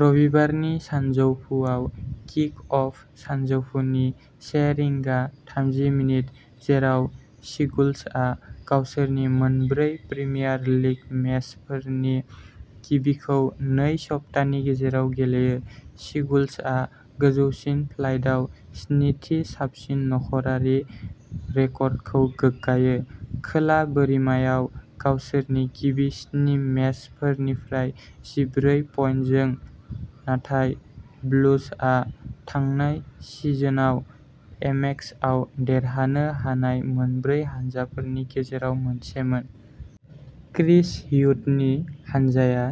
रबिबारनि सानजौफुआव kick off सानजौफुनि से रिंगा थाम्जि मिनिथ, जेराव सिगुल्सआ गावसोरनि मोनब्रै प्रिमियार लिग मेचफोरनि गिबिखौ नै सप्तानि गेजेराव गेलेयो। सिगुल्सआ गोजौसिन फ्लाइटआव स्निथि साबसिन न'खरारि रेकर्डखौ गोगगायो, खोला बोरिमायाव गावसोरनि गिबि स्नि मेचफोरनिफ्राय जिब्रै पइन्टजों, नाथाय ब्लुजआ थांनाय सिजनआव एमेक्सआव देरहानो हानाय मोनब्रै हानजाफोरनि गेजेराव मोनसेमोन। क्रिस ह्यूटननि हानजाया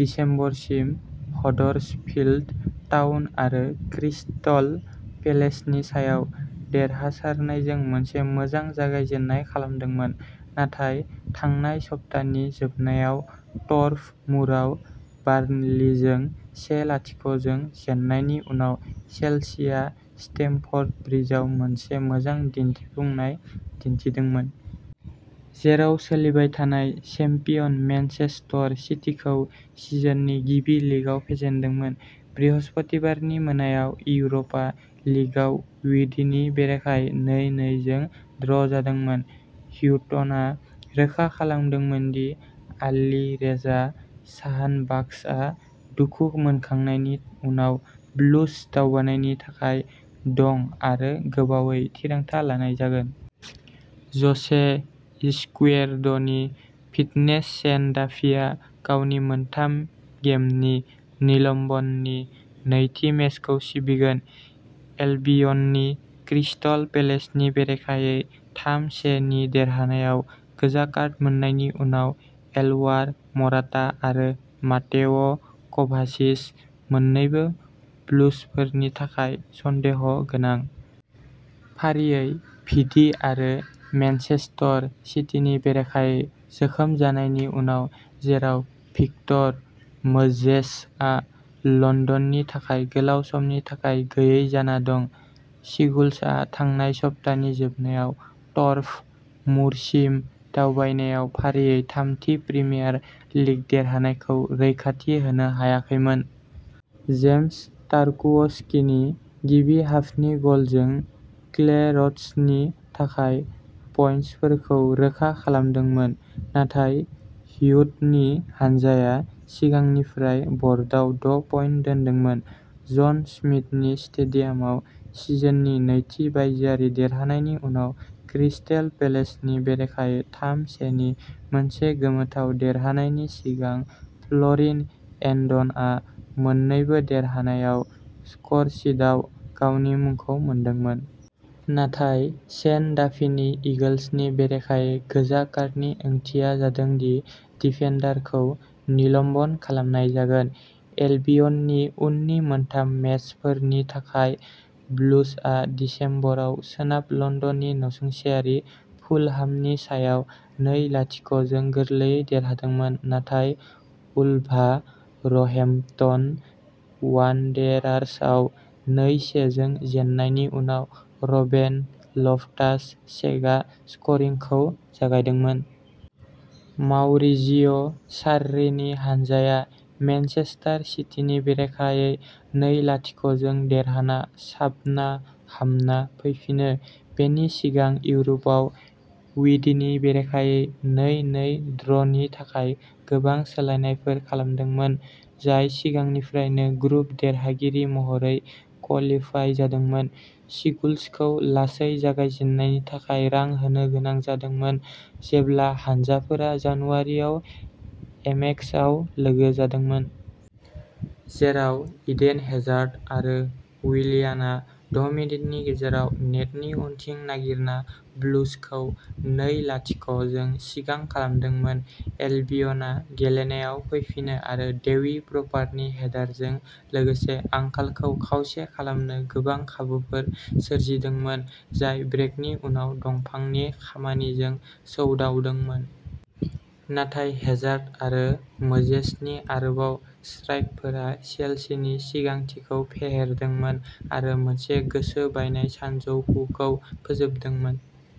दिसेम्बरसिम हडर्सफील्ड टाउन आरो क्रिस्टल पेलेसनि सायाव देरहासारनायजों मोनसे मोजां जागायजेन्नाय खालामदोंमोन। नाथाय थांनाय सप्तानि जोबनायाव टर्फ मुरआव बार्नलीजों से लाथिख जों जेन्नायनि उनाव चेल्सिया स्टेमफर्ड ब्रिजआव मोनसे मोजां दिन्थिफुंनाय दिन्थिदोंमोन। जेराव सोलिबाय थानाय चेम्पियन मेनचेस्टर सिटीखौ सिजननि गिबि लीगआव फेजेनदोंमोन। बृहस्पतिबारनि मोनायाव इउर'पा लीगआव विडीनि बेरेखायै नै नै जों ड्र'जादोंमोन। ह्यूटनआ रोखा खालामदोंमोन दि आलिरेजा जहानबाख्शआ दुखु मोनखांनायनि उनाव ब्लुज दावबायनायनि थाखाय दं आरो गोबावै थिरांथा लानाय जागोन। ज'से इजक्विएर्ड'नि फिटनेस शेन डाफीआ गावनि मोनथाम गेमनि निलम्बननि नैथि मेचखौ सिबिगोन। एल्बियननि क्रिस्टल पेलेसनि बेरेखायै थाम से नि देरहानायाव गोजा कार्ड मोननायनि उनाव अलवार मराटा आरो मातेओ क'भाचिच मोन्नैबो ब्लुजफोरनि थाखाय सन्देह गोनां। फारियै भिडी आरो मैनचेस्टर सिटीनि बेरेखायै जोखोम जानायनि उनाव जेराव भिक्टर मोजेसआ लन्दननि थाखाय गोलाव समनि थाखाय गैयै जाना दं। सिगुल्सआ थांनाय सप्तानि जोबनायाव टर्फ मुरसिम दावबायनायाव फारियै थामथि प्रिमियार लीग देरहानायखौ रैखाथि होनो हायाखैमोन। जेम्स टार्कवस्कीनि गिबि हाफनि गलजों क्लेयरट्सनि थाखाय पइन्टफोरखौ रोखा खालामदोंमोन। नाथाय ह्यूटननि हानजाया सिगांनिफ्राय ब'र्डआव द'पइन्ट दोनदोंमोन। जन स्मिथनि स्टेडियामाव सिजननि नैथि बायजोआरि देरहानायनि उनाव क्रिस्टेल पेलेसनि बेरेखायै थाम से नि मोनसे गोमोथाव देरहानायनि सिगां फ्ल'रिन एन्ड'नआ मोन्नैबो देरहानायाव स्करशीटआव गावनि मुंखौ मोनदोंमोन। नाथाय शेन डाफीनि ईगल्सनि बेरेखायै गोजा कार्डनि ओंथिया जादों दि डिफेन्डारखौ निलम्ब'न खालामनाय जागोन। एल्बियननि उननि मोनथाम मेचफोरनि थाखाय ब्लुजआ दिसेम्बराव सोनाब लन्दननि नसुंसेयारि फुलहामनि सायाव नै लाथिख जों गोरलैयै देरहादोंमोन। नाथाय उलभारहेम्पटन वान्डेरार्सआव नै से जों जेननायनि उनाव रुबेन लफ्टास-चेकआ स्करिंखौ जागायदोंमोन। माउरिजियो सार्रीनि हानजाया मेनचेस्टार सिटीनि बेरेखायै नै लाथिख जों देरहाना साबना हामना फैफिनो। बेनि सिगां इउर'पआव विडीनि बेरेखायै नै नै ड्र'नि थाखाय गोबां सोलायनायफोर खालामदोंमोन। जाय सिगांनिफ्रायनो ग्रुप देरहागिरि महरै कलिफाय जादोंमोन। सिगुल्सखौ लासै जागायजेन्नायनि थाखाय रां होनो गोनां जादोंमोन जेब्ला हानजाफोरा जानुवारिआव एमेक्सआव लोगो जादोंमोन। जेराव इडेन हेजार्ड आरो विलियानआ द'मिनिटनि गेजेराव नेटनि उनथिं नागिरना ब्लुजखौ नै लाथिख जों सिगां खालामदोंमोन। एल्बियनआ गेलेनायाव फैफिनो आरो डेवी प्रपारनि हेडारजों लोगोसे आंखालखौ खावसे खालामनो गोबां खाबुफोर सोरजिदोंमोन। जाय ब्रेकनि उनाव दंफांनि खामानिजों सौदावदोंमोन। नाथाय हेजार्ड आरो मोजेसनि आरोबाव स्ट्राइकफोरा चेल्सीनि सिगांथिखौ फेहेरदोंमोन आरो मोनसे गोसो बायनाय सानजौफुखौ फोजोबदोंमोन।